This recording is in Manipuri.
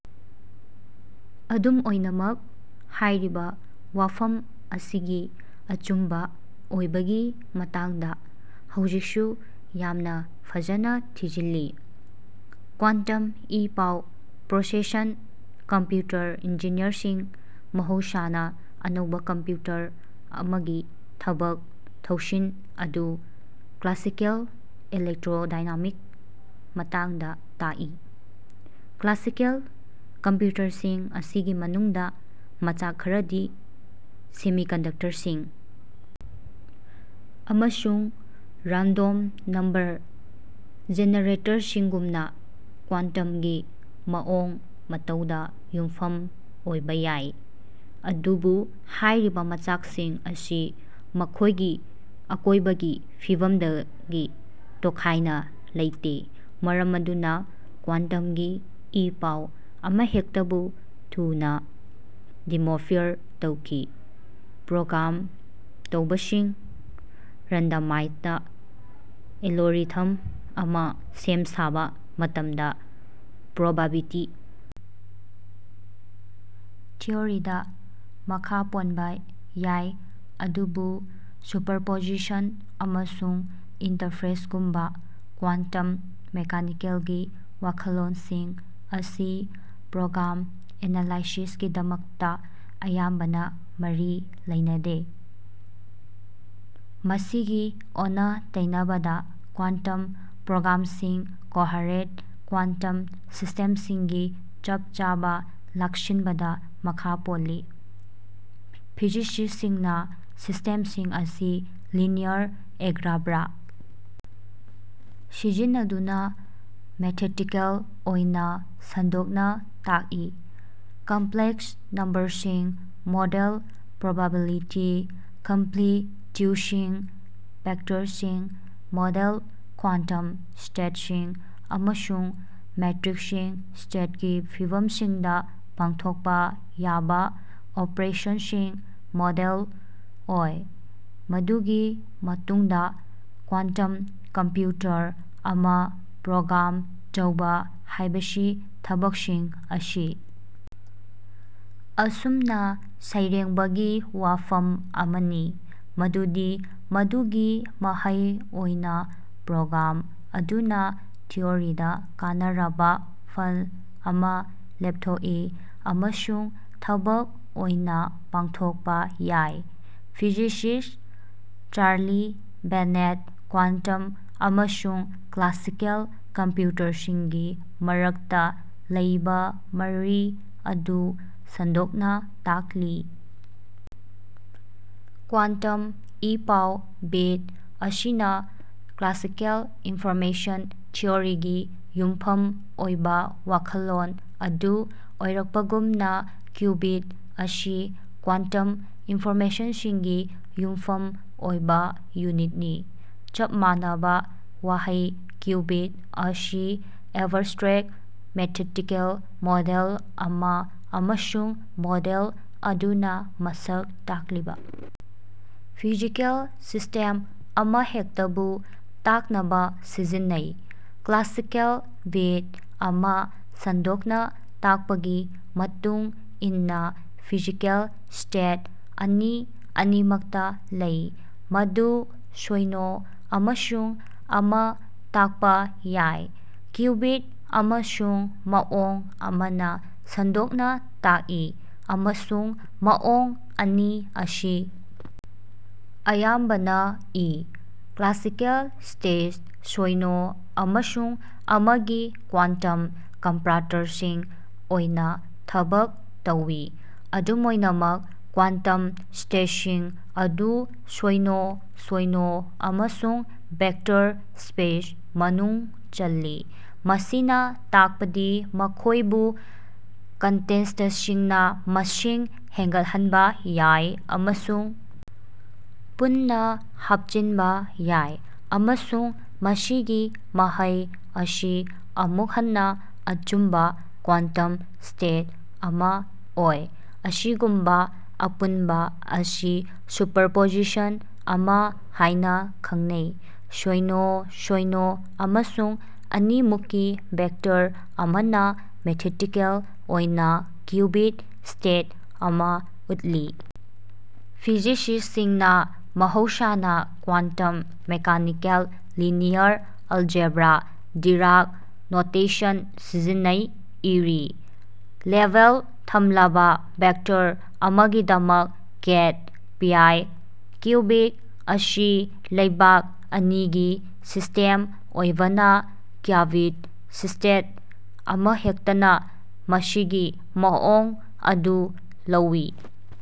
ꯑꯗꯨꯝ ꯑꯣꯏꯅꯃꯛ, ꯍꯥꯏꯔꯤꯕ ꯋꯥꯐꯝ ꯑꯁꯤꯒꯤ ꯑꯆꯨꯝꯕ ꯑꯣꯏꯕꯒꯤ ꯃꯇꯥꯡꯗ ꯍꯧꯖꯤꯛꯁꯨ ꯌꯥꯝꯅ ꯐꯖꯅ ꯊꯤꯖꯤꯜꯂꯤ꯫ ꯀ꯭ꯋꯥꯟꯇꯝ ꯏ-ꯄꯥꯎ ꯄ꯭ꯔꯣꯁꯦꯁꯡ ꯀꯝꯄ꯭ꯌꯨꯇꯔ ꯏꯟꯖꯤꯅꯤꯌꯔꯁꯤꯡ ꯃꯍꯧꯁꯥꯅ ꯑꯅꯧꯕ ꯀꯝꯄ꯭ꯌꯨꯇꯔ ꯑꯃꯒꯤ ꯊꯕꯛ-ꯊꯧꯁꯤꯜ ꯑꯗꯨ ꯀ꯭ꯂꯥꯁꯤꯀꯦꯜ ꯏꯂꯦꯛꯇ꯭ꯔꯣꯗꯥꯏꯅꯥꯃꯤꯛꯁ ꯃꯇꯥꯡꯗ ꯇꯥꯛꯏ꯫"ꯀ꯭ꯂꯥꯁꯤꯀꯦꯜ" ꯀꯝꯄ꯭ꯌꯨꯇꯔꯁꯤꯡ ꯑꯁꯤꯒꯤ ꯃꯅꯨꯡꯗ, ꯃꯆꯥꯛ ꯈꯔꯗꯤ (ꯁꯦꯃꯤꯀꯟꯗꯛꯇꯔꯁꯤꯡ ꯑꯃꯁꯨꯡ ꯔꯥꯟꯗꯣꯝ ꯅꯝꯕꯔ ꯖꯤꯅꯔꯦꯇꯔꯁꯤꯡꯒꯨꯝꯕ) ꯀ꯭ꯋꯥꯟꯇꯝꯒꯤ ꯃꯑꯣꯡ-ꯃꯇꯧꯗ ꯌꯨꯝꯐꯝ ꯑꯣꯏꯕ ꯌꯥꯏ, ꯑꯗꯨꯕꯨ ꯍꯥꯏꯔꯤꯕ ꯃꯆꯥꯛꯁꯤꯡ ꯑꯁꯤ ꯃꯈꯣꯏꯒꯤ ꯑꯀꯣꯏꯕꯒꯤ ꯐꯤꯚꯝꯗꯒꯤ ꯇꯣꯈꯥꯏꯅ ꯂꯩꯇꯦ, ꯃꯔꯝ ꯑꯗꯨꯅ ꯀ꯭ꯋꯥꯟꯇꯝꯒꯤ ꯏ-ꯄꯥꯎ ꯑꯃꯍꯦꯛꯇꯕꯨ ꯊꯨꯅ ꯗꯤꯀꯣꯐꯌꯔ ꯇꯧꯋꯤ꯫ꯄ꯭ꯔꯣꯒ꯭ꯔꯥꯝ ꯇꯧꯕꯁꯤꯡ ꯔꯥꯟꯗꯃꯥꯏꯖꯗ ꯑꯦꯂꯣꯔꯤꯊꯝ ꯑꯃ ꯁꯦꯝꯁꯥꯕ ꯃꯇꯝꯗ ꯄ꯭ꯔꯣꯕꯥꯕꯤꯇꯤ ꯊꯤꯑꯣꯔꯤꯗ ꯃꯈꯥ ꯄꯣꯟꯕ ꯌꯥꯏ ꯑꯗꯨꯕꯨ ꯁꯨꯄꯔꯄꯣꯖꯤꯁꯟ ꯑꯃꯁꯨꯡ ꯏꯟꯇꯔꯐꯔꯦꯟꯁꯒꯨꯝꯕ ꯀ꯭ꯋꯥꯟꯇꯝ ꯃꯦꯀꯥꯅꯤꯀꯦꯜꯒꯤ ꯋꯥꯈꯜꯂꯣꯟꯁꯤꯡ ꯑꯁꯤ ꯄ꯭ꯔꯣꯒ꯭ꯔꯥꯝ ꯑꯦꯅꯥꯂꯥꯏꯁꯤꯁꯀꯤꯗꯃꯛꯇ ꯑꯌꯥꯝꯕꯅ ꯃꯔꯤ ꯂꯩꯅꯩꯗꯦ꯫ ꯃꯁꯤꯒꯤ ꯑꯣꯟꯅ-ꯇꯩꯅꯕꯗ, ꯀ꯭ꯋꯥꯟꯇꯝ ꯄ꯭ꯔꯣꯒ꯭ꯔꯥꯝꯁꯤꯡ ꯀꯣꯍꯔꯦꯟꯠ ꯀ꯭ꯋꯥꯟꯇꯝ ꯁꯤꯁ꯭ꯇꯦꯝꯁꯤꯡꯒꯤ ꯆꯞ-ꯆꯥꯕ ꯂꯥꯛꯁꯤꯟꯕꯗ ꯃꯈꯥ ꯄꯣꯜꯂꯤ꯫ ꯐꯤꯖꯤꯁꯤꯁꯁꯤꯡꯅ ꯁꯤꯁꯇꯦꯝꯁꯤꯡ ꯑꯁꯤ ꯂꯤꯅꯤꯌꯔ ꯑꯦꯒ꯭ꯂꯥꯕ꯭ꯔꯥ ꯁꯤꯖꯤꯟꯅꯗꯨꯅ ꯃꯦꯊꯦꯇꯤꯀꯦꯜ ꯑꯣꯏꯅ ꯁꯟꯗꯣꯛꯅ ꯇꯥꯛꯏ꯫ ꯀꯝꯄ꯭ꯂꯦꯛꯁ ꯅꯝꯕꯔꯁꯤꯡ ꯃꯣꯗꯦꯜ ꯄ꯭ꯔꯣꯕꯥꯕꯤꯂꯤꯇꯤ ꯑꯝꯄ꯭ꯂꯤꯇ꯭ꯌꯨꯗꯁꯤꯡ, ꯚꯦꯛꯇꯔꯁꯤꯡ ꯃꯣꯗꯜ ꯀ꯭ꯋꯥꯟꯇꯝ ꯁ꯭ꯇꯦꯠꯁꯤꯡ, ꯑꯃꯁꯨꯡ ꯃꯦꯇ꯭ꯔꯤꯛꯁꯤꯡ ꯁ꯭ꯇꯦꯠꯀꯤ ꯐꯤꯕꯝꯁꯤꯡꯗ ꯄꯥꯡꯊꯣꯛꯄ ꯌꯥꯕ ꯑꯣꯄꯔꯦꯁꯟꯁꯤꯡ ꯃꯣꯗꯦꯜ ꯑꯣꯏ꯫ ꯃꯗꯨꯒꯤ ꯃꯇꯨꯡꯗ ꯀ꯭ꯋꯥꯟꯇꯝ ꯀꯝꯄ꯭ꯌꯨꯇꯔ ꯑꯃ ꯄ꯭ꯔꯣꯒ꯭ꯔꯥꯝ ꯇꯧꯕ ꯍꯥꯏꯕꯁꯤ ꯊꯕꯛꯁꯤꯡ ꯑꯁꯤ ꯑꯁꯨꯝꯅ ꯁꯩꯔꯥꯡꯕꯒꯤ ꯋꯥꯐꯝ ꯑꯃꯅꯤ ꯃꯗꯨꯗꯤ ꯃꯗꯨꯒꯤ ꯃꯍꯩ ꯑꯣꯏꯅ ꯄ꯭ꯔꯣꯒ꯭ꯔꯥꯝ ꯑꯗꯨꯅ ꯊꯤꯑꯣꯔꯤꯗ ꯀꯥꯟꯅꯔꯕ ꯐꯜ ꯑꯃ ꯂꯦꯞꯊꯣꯛꯏ ꯑꯃꯁꯨꯡ ꯊꯕꯛ ꯑꯣꯏꯅ ꯄꯥꯡꯊꯣꯛꯄ ꯌꯥꯏ꯫ ꯐꯤꯖꯤꯁꯤꯁ ꯆꯥꯔꯂꯤ ꯕꯦꯅꯦꯠ ꯀ꯭ꯋꯥꯟꯇꯝ ꯑꯃꯁꯨꯡ ꯀ꯭ꯂꯥꯁꯤꯀꯦꯜ ꯀꯝꯄ꯭ꯌꯨꯇꯔꯁꯤꯡꯒꯤ ꯃꯔꯛꯇ ꯂꯩꯕ ꯃꯔꯤ ꯑꯗꯨ ꯁꯟꯗꯣꯛꯅ ꯇꯥꯛꯂꯤ, ꯀ꯭ꯋꯥꯟꯇꯝ ꯏ-ꯄꯥꯎ ꯕꯤꯠ ꯑꯁꯤꯅ ꯀ꯭ꯂꯥꯁꯤꯀꯦꯜ ꯏꯟꯐꯣꯔꯃꯦꯁꯟ ꯊꯤꯑꯣꯔꯤꯒꯤ ꯌꯨꯝꯐꯝ ꯑꯣꯏꯕ ꯋꯥꯈꯜꯂꯣꯟ ꯑꯗꯨ ꯑꯣꯏꯔꯛꯄꯒꯨꯝꯅ, ꯀ꯭ꯌꯨꯕꯤꯠ ꯑꯁꯤ ꯀ꯭ꯋꯥꯟꯇꯝ ꯏꯟꯐꯣꯔꯃꯦꯁꯟꯁꯤꯡꯒꯤ ꯌꯨꯝꯐꯝ ꯑꯣꯏꯕ ꯌꯨꯅꯤꯠꯅꯤ꯫ ꯆꯞ ꯃꯥꯟꯅꯕ ꯋꯥꯍꯩ ꯀ꯭ꯌꯨꯕꯤꯛ ꯑꯁꯤ ꯑꯦꯕ꯭ꯔꯁ꯭ꯇ꯭ꯔꯦꯛ ꯃꯦꯊꯦꯇꯤꯀꯦꯜ ꯃꯣꯗꯦꯜ ꯑꯃ ꯑꯃꯁꯨꯡ ꯃꯣꯗꯦꯜ ꯑꯗꯨꯅ ꯃꯁꯛ ꯇꯥꯛꯂꯤꯕ ꯐꯤꯖꯤꯀꯦꯜ ꯁꯤꯁ꯭ꯇꯦꯝ ꯑꯃꯍꯦꯛꯇꯕꯨ ꯇꯥꯛꯅꯕ ꯁꯤꯖꯤꯟꯅꯩ꯫ ꯀ꯭ꯂꯥꯁꯤꯀꯦꯜ ꯕꯤꯠ ꯑꯃ, ꯁꯟꯗꯣꯛꯅ ꯇꯥꯛꯄꯒꯤ ꯃꯇꯨꯡ ꯏꯟꯅ, ꯐꯤꯖꯤꯀꯦꯜ ꯁ꯭ꯇꯦꯠ ꯑꯅꯤ ꯑꯅꯤꯃꯛꯇ ꯂꯩ, ꯃꯗꯨ ꯁꯣꯏꯅꯣ ꯑꯃꯁꯨꯡ ꯑꯃ ꯇꯥꯛꯄ ꯌꯥꯏ꯫ ꯀ꯭ꯌꯨꯕꯤꯠ ꯑꯃꯁꯨ ꯃꯑꯣꯡ ꯑꯃꯅ ꯁꯟꯗꯣꯛꯅ ꯇꯥꯛꯏ, ꯑꯃꯁꯨꯡ ꯃꯑꯣꯡ ꯑꯅꯤ ꯑꯁꯤ ꯑꯌꯥꯝꯕꯅ ꯏ꯫ ꯀ꯭ꯂꯥꯁꯤꯀꯦꯜ ꯁ꯭ꯇꯦꯠ ꯁꯣꯏꯅꯣ ꯑꯃꯁꯨꯡ ꯑꯃ ꯒꯤ ꯀ꯭ꯋꯥꯟꯇꯝ ꯀꯝꯄꯥꯔꯇꯔꯁꯤꯡ ꯑꯣꯏꯅ ꯊꯕꯛ ꯇꯧꯋꯤ꯫ ꯑꯗꯨꯝ ꯑꯣꯏꯅꯃꯛ, ꯀ꯭ꯋꯥꯟꯇꯝ ꯁ꯭ꯇꯦꯠꯁꯤꯡ ꯑꯗꯨ ꯁꯣꯏꯅꯣ ꯁꯣꯏꯅꯣ ꯑꯃꯁꯨꯡ ꯚꯦꯛꯇꯔ ꯁ꯭ꯄꯦꯁ ꯃꯅꯨꯡ ꯆꯜꯂꯤ, ꯃꯁꯤꯅ ꯇꯥꯛꯄꯗꯤ ꯃꯈꯣꯏꯕꯨ ꯀꯟꯁꯇꯦꯟꯇꯁꯤꯡꯅ ꯃꯁꯤꯡ ꯍꯦꯟꯒꯠꯍꯟꯕ ꯌꯥꯏ ꯑꯃꯁꯨꯡ ꯄꯨꯟꯅ ꯍꯥꯞꯆꯤꯟꯕ ꯌꯥꯏ, ꯑꯃꯁꯨꯡ ꯃꯁꯤꯒꯤ ꯃꯍꯩ ꯑꯁꯤ ꯑꯃꯨꯛ ꯍꯟꯅ ꯑꯆꯨꯝꯕ ꯀ꯭ꯋꯥꯟꯇꯝ ꯁ꯭ꯇꯦꯠ ꯑꯃ ꯑꯣꯏ꯫ ꯑꯁꯤꯒꯨꯝꯕ ꯑꯄꯨꯟꯕ ꯑꯁꯤ ꯁꯨꯄꯔꯄꯣꯖꯤꯁꯟ ꯑꯃ ꯍꯥꯏꯅ ꯈꯪꯅꯩ꯫ ꯁꯣꯏꯅꯣ ꯁꯣꯏꯅꯣ ꯑꯃꯁꯨꯡ ꯑꯅꯤꯃꯨꯛꯀꯤ ꯚꯦꯛꯇꯔ ꯑꯃꯅ ꯃꯦꯊꯦꯇꯤꯀꯦꯜ ꯑꯣꯏꯅ ꯀ꯭ꯌꯨꯕꯤꯠ ꯁ꯭ꯇꯦꯠ ꯑꯃ ꯎꯠꯂꯤ꯫ ꯐꯤꯖꯤꯁꯤꯁꯁꯤꯡꯅ ꯃꯍꯧꯁꯥꯅ quantum mechanical linear algebra Dirac notation ꯁꯤꯖꯤꯟꯅꯩ, ꯏꯔꯤ꯫ ꯂꯦꯕꯦꯜ ꯊꯝꯂꯕ ꯚꯦꯛꯇꯔ ꯑꯃꯒꯤꯗꯃꯛ 'ꯀꯦꯠ ꯄꯤꯑꯏ'꯫ ꯀ꯭ꯌꯨꯕꯤꯠ ꯑꯁꯤ ꯂꯩꯕꯥꯛ ꯑꯅꯤꯒꯤ ꯁꯤꯁꯇꯦꯝ ꯑꯣꯏꯕꯅ, ꯀ꯭ꯌꯕꯤꯠ ꯁ꯭ꯇꯦꯠ ꯑꯃꯍꯦꯛꯇꯅ ꯃꯁꯤꯒꯤ ꯃꯑꯣꯡ ꯑꯗꯨ ꯂꯧꯋꯤ꯫